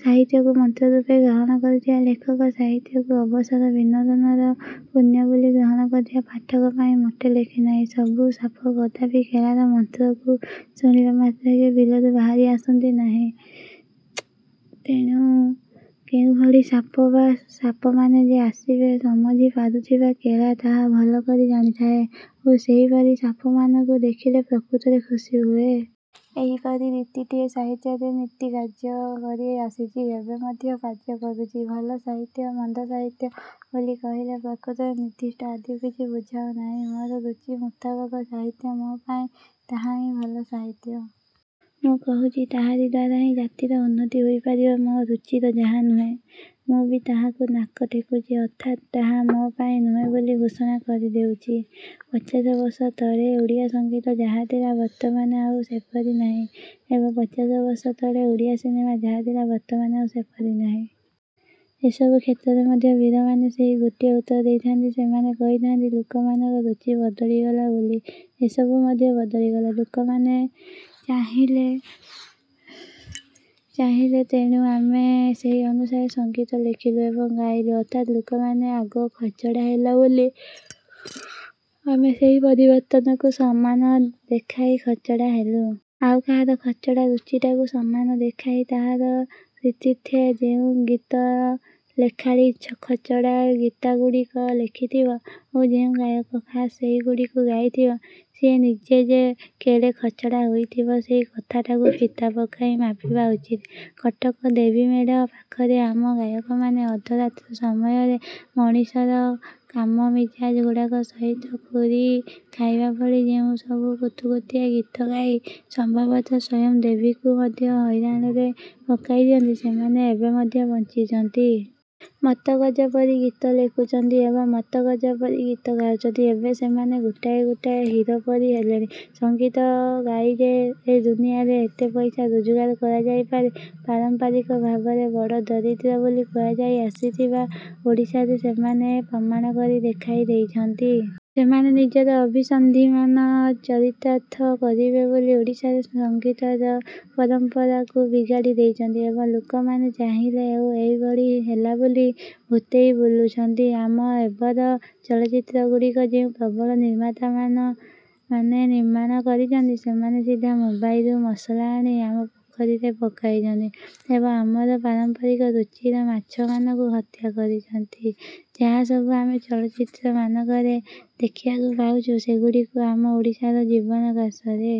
ସାହିତ୍ୟକୁ ମନ୍ତ୍ରରୂପେ ଗ୍ରହଣ କରିଥିବା ଲେଖକ ସାହିତ୍ୟକୁ ଅବସର ବିନୋଦନର ପଣ୍ୟ ବୋଲି ଗ୍ରହଣ କରିଥିବା ପାଠକ ପାଇଁ ମୋଟେ ଲେଖେ ନାହିଁ। ସବୁ ସାପ କଦାପି କେଳାର ମନ୍ତ୍ରକୁ ଶୁଣିବା ମାତ୍ରକେ ବିଲରୁ ବାହାରି ଆସନ୍ତି ନାହିଁ। ତେଣୁ କେଉଁଭଳି ସାପ ବା ସାପମାନେ ଯେ ଆସିବେ, ସମଝି ପାରୁଥିବା କେଳା ତାହା ଭଲ କରି ଜାଣିଥାଏ ଓ ସେହିପରି ସାପମାନଙ୍କୁ ଦେଖିଲେ ପ୍ରକୃତରେ ଖୁସୀ ହୁଏ। ଏହିପରି ରୀତିଟିଏ ସାହିତ୍ୟରେ ନିତି କାର୍ଯ୍ୟ କରି ଆସିଛି ଏବେ ମଧ୍ୟ କାର୍ଯ୍ୟ କରୁଛି। ଭଲ ସାହିତ୍ୟ, ମନ୍ଦ ସାହିତ୍ୟ ବୋଲି କହିଲେ ପ୍ରକୃତରେ ନିର୍ଦ୍ଦିଷ୍ଟ ଆଦୌ କିଛି ବୁଝାଉ ନାହିଁ। ମୋ ରୁଚି ମୁତାବକ ସାହିତ୍ୟ ମୋ ପାଇଁ ତାହା ହିଁ ଭଲ ସାହିତ୍ୟ। ମୁଁ କହୁଛି ତାହାରି ଦ୍ୱାରା ହିଁ ଜାତିର ଉନ୍ନତି ହୋଇପାରିବ। ମୋ ରୁଚିର ଯାହା ନୁହେଁ, ମୁଁ ବି ତାହାକୁ ନାକ ଟେକୁଛି ଅର୍ଥାତ୍ ତାହା ମୋ ପାଇଁ ନୁହେଁ ବୋଲି ଘୋଷଣା କରିଦେଉଛି। ପଚାଶବର୍ଷ ତଳେ ଓଡ଼ିଆ ସଂଗୀତ ଯାହାଥିଲା ବର୍ତ୍ତମାନ ଆଉ ସେପରି ନାହିଁ ଏବଂ ପଚାଶବର୍ଷ ତଳେ ଓଡ଼ିଆ ସିନେମା ଯାହାଥିଲା ବର୍ତ୍ତମାନ ଆଉ ସେପରି ନାହିଁ। ଏସବୁ କ୍ଷେତ୍ରରେ ମଧ୍ୟ ବୀରମାନେ ସେହି ଗୋଟିଏ ଉତ୍ତର ଦେଇଥାନ୍ତି, ସେମାନେ କହିଥାନ୍ତି ଲୋକମାନଙ୍କର ରୁଚି ବଦଳିଗଲା ବୋଲି ଏସବୁ ମଧ୍ୟ ବଦଳିଗଲା। ଲୋକମାନେ ଚାହିଁଲେ ଚାହିଁଲେ, ତେଣୁ ଆମେ ସେହି ଅନୁସାରେ ସଂଗୀତ ଲେଖିଲୁ ଏବଂ ଗାଇଲୁ ଅର୍ଥାତ୍ ଲୋକମାନେ ଆଗ ଖଚଡ଼ା ହେଲେ ବୋଲି ଆମେ ସେହି ପରିବର୍ତ୍ତନକୁ ସମ୍ମାନ ଦେଖାଇ ଖଚଡ଼ା ହେଲୁ। ଆଉ କାହାର ଖଚଡ଼ା ରୁଚିଟାକୁ ସମ୍ମାନ ଦେଖାଇ ତାହାର ପ୍ରୀତ୍ୟର୍ଥେ ଯେଉଁ ଗୀତଲେଖାଳି ଖଚଡ଼ା ଗୀତଗୁଡ଼ାକ ଲେଖିଥିବ ଓ ଯେଉଁ ଗାୟକ ଖାସ୍ ସେହିଗୁଡ଼ିକୁ ଗାଇଥିବ, ସିଏ ନିଜେ ଯେ କେଡ଼େ ଖଚଡ଼ା ହୋଇଥିବ ସେହି କଥାଟାକୁ ଫିତା ପକାଇ ମାପିବା ଉଚିତ। କଟକ ଦେବୀମେଢ଼ ପାଖରେ ଆମ ଗାୟକମାନେ ଅର୍ଦ୍ଧରାତ୍ର ସମୟରେ ମଣିଷର କାମମିଜାଜ ଗୁଡ଼ାକ ସହିତ ଖୁରି ଖାଇବା ଭଳି ଯେଉଁସବୁ କୁତୁକୁତିଆ ଗୀତ ଗାଇ ସମ୍ଭବତଃ ସ୍ୱୟଂ ଦେବୀଙ୍କୁ ମଧ୍ୟ ହଇରାଣରେ ପକାଇ ଦିଅନ୍ତି ସେମାନେ ଏବେ ମଧ୍ୟ ବଞ୍ଚିଛନ୍ତି। ମତ୍ତଗଜ ପରି ଗୀତ ଲେଖୁଛନ୍ତି ଏବଂ ମତ୍ତଗଜ ପରି ଗୀତ ଗାଉଛନ୍ତି। ଏବେ ସେମାନେ ଗୋଟାଏ ଗୋଟାଏ ହିରୋ ପରି ହେଲେଣି। ସଂଗୀତ ଗାଇ ଯେ ଏ ଦୁନିଆରେ ଏତେ ପଇସା ରୋଜଗାର କରାଯାଇପାରେ, ପାରମ୍ପରିକ ଭାବରେ ବଡ଼ ଦରିଦ୍ର ବୋଲି କୁହାଯାଇ ଆସିଥିବା ଓଡ଼ିଶାରେ ସେମାନେ ପ୍ରମାଣ କରି ଦେଖାଇ ଦେଇଛନ୍ତି। ସେମାନେ ନିଜର ଅଭିସନ୍ଧିମାନ ଚରିତାର୍ଥ କରିବେ ବୋଲି ଓଡ଼ିଶାରେ ସଙ୍ଗୀତର ପରମ୍ପରାକୁ ବିଗାଡ଼ି ଦେଇଛନ୍ତି। ଏବଂ ଲୋକମାନେ ଚାହିଁଲେ ଓ ଏହିଭଳି ହେଲା ବୋଲି ଭୂତେଇ ବୁଲୁଛନ୍ତି। ଆମ ଏବର ଚଳଚ୍ଚିତ୍ରଗୁଡ଼ିକୁ ଯେଉଁ ପ୍ରବଳ ନିର୍ମାତାମାନେ ନିର୍ମାଣ କରୁଛନ୍ତି, ସେମାନେ ସିଧା ମୁମ୍ବାଇରୁ ମସଲା ଆଣି ଆମ ପୋଖରୀରେ ପକାଇଛନ୍ତି ଏବଂ ଆମର ପାରମ୍ପରିକ ରୁଚିର ମାଛମାନଙ୍କୁ ହତ୍ୟା କରିଛନ୍ତି। ଯାହାସବୁ ଆମେ ଚଳଚ୍ଚିତ୍ରମାନଙ୍କରେ ଦେଖିବାକୁ ପାଉଛୁ, ସେଗୁଡ଼ିକୁ ଆମ ଓଡ଼ିଶାର ଜୀବନାକାଶରେ